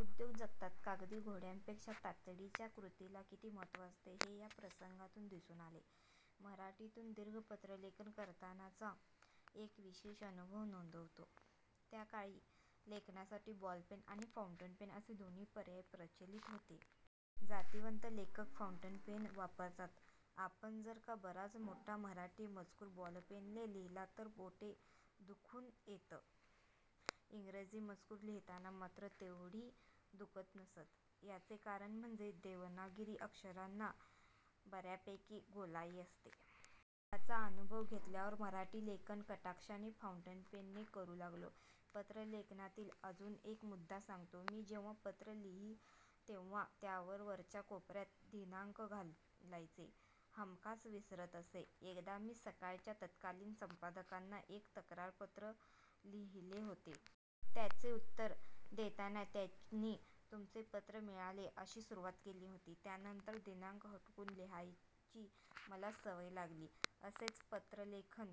उद्योग जगतात कागदी घोड्यांपेक्षा तातडीच्या कृतीला किती महत्व असते, हे या प्रसंगातून दिसून आले. मराठीतून दीर्घ पत्रलेखन करतानाचा एक विशेष अनुभव नोंदवतो. त्या काळी लेखनासाठी बॉलपेन आणि फौंटनपेन असे दोन्ही पर्याय प्रचलित होते. जातिवंत लेखक फौंटनपेन वापरत. आपण जर का बराच मोठा मराठी मजकूर बॉलपेनने लिहिला तर बोटे दुखून येत. इंग्रजी मजकूर लिहिताना मात्र ती तेवढी दुखत नसत. याचे कारण म्हणजे देवनागरी अक्षरांना बऱ्यापैकी गोलाई असते. याचा अनुभव घेतल्यावर मराठी लेखन कटाक्षाने फौंटनपेनने करू लागलो. पत्रलेखनातील अजून एक मुद्दा सांगतो. मी जेव्हा पत्र लिही तेव्हा त्यावर वरच्या कोपऱ्यात दिनांक घालायचे हमखास विसरत असे. एकदा मी 'सकाळ' च्या तत्कालीन संपादकांना एक तक्रारपत्र लिहीले होते. त्याचे उत्तर देताना त्यांनी "तुमचे पत्र मिळाले.. " अशी सुरवात केली होती. त्यानंतर दिनांक हटकून लिहायची मला सवय लागली. असेच पत्रलेखन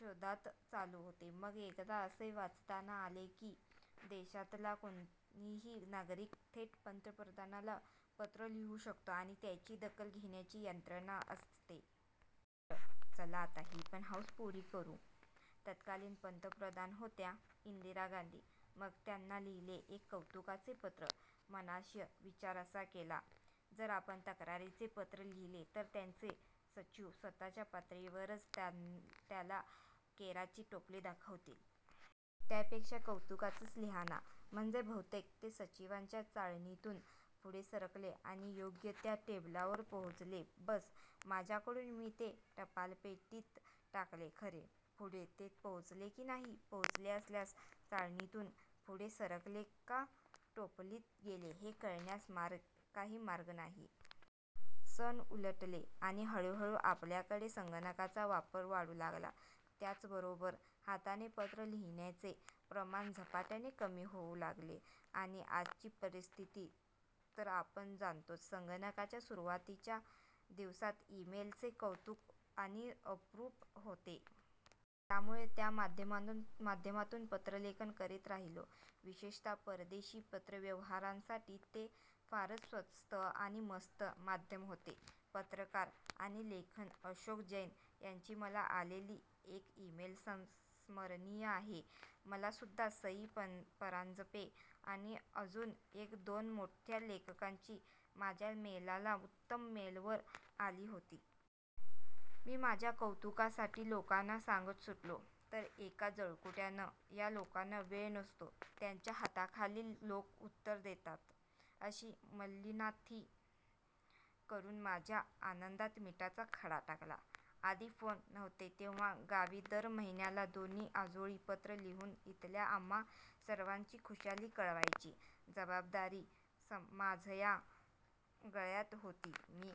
जोशात चालू होते. मग एकदा असे वाचनात आले की देशातला कोणीही नागरिक थेट पंतप्रधानांना पत्र लिहू शकतो आणि त्याची दखल घेण्याची यंत्रणा असते. म्हटलं, चला आता ही पण हौस पुरी करू. तत्कालीन पंतप्रधान होत्या इंदिरा गांधी. मग त्यांना लिहीले एक कौतुकाचे पत्र. मनाशी विचार असा केला. जर आपण तक्रारीचे पत्र लिहीले तर त्यांचे सचिव स्वतःच्या पातळीवरच त्याला केराची टोपली दाखवतील! त्यापेक्षा कौतुकाचेच लिहा ना, म्हणजे बहुतेक ते सचिवांच्या चाळणीतून पुढे सरकेल आणि योग्य त्या टेबलावर पोहोचेल. बस्स, माझ्याकडून मी ते टपालपेटीत टाकले खरे. पुढे ते पोचले की नाही, पोचले असल्यास चाळणीतून पुढे सरकले का टोपलीत गेले हे कळण्यास काही मार्ग नाही. सन उलटले आणि हळूहळू आपल्याकडे संगणकाचा वापर वाढू लागला. त्याचबरोबर हाताने पत्र लिहिण्याचे प्रमाण झपाट्याने कमी होऊ लागले आणि आजची परिस्थिती तर आपण जाणतोच. संगणकाच्या सुरवातीच्या दिवसात 'इ-मेल' चे कौतुक आणि अप्रूप होते. त्यामुळे त्या माध्यमातून पत्रलेखन करीत राहिलो. विशेषतः परदेशी पत्रव्यवहारासाठी ते फारच स्वस्त आणि मस्त माध्यम होते. पत्रकार आणि लेखक अशोक जैन यांची मला आलेली एक इ-मेल संस्मरणीय आहे. मला सुद्धा सई परांजपे, आणि अजून एक दोन मोठ्या लेखकांची माझ्या मेलला उत्तरं मेलवर आली होती. मी माझ्या कौतुकासाठी लोकांना सांगत सुटलो. तर एका जळकुट्यानं " या लोकांना वेळ नसतो, त्यांच्या हाताखालील लोकं उत्तर देतात" अशी मल्लीनाथी करून माझ्या आनंदात मिठाचा खडा टाकला. आधी फोन नव्हते तेव्हा गावी दर महिन्याला दोन्ही आजोळी पत्र लिहून इथल्या आम्हा सर्वांची खुशाली कळवायची जबाबदारी माझया गळ्यात होती. मी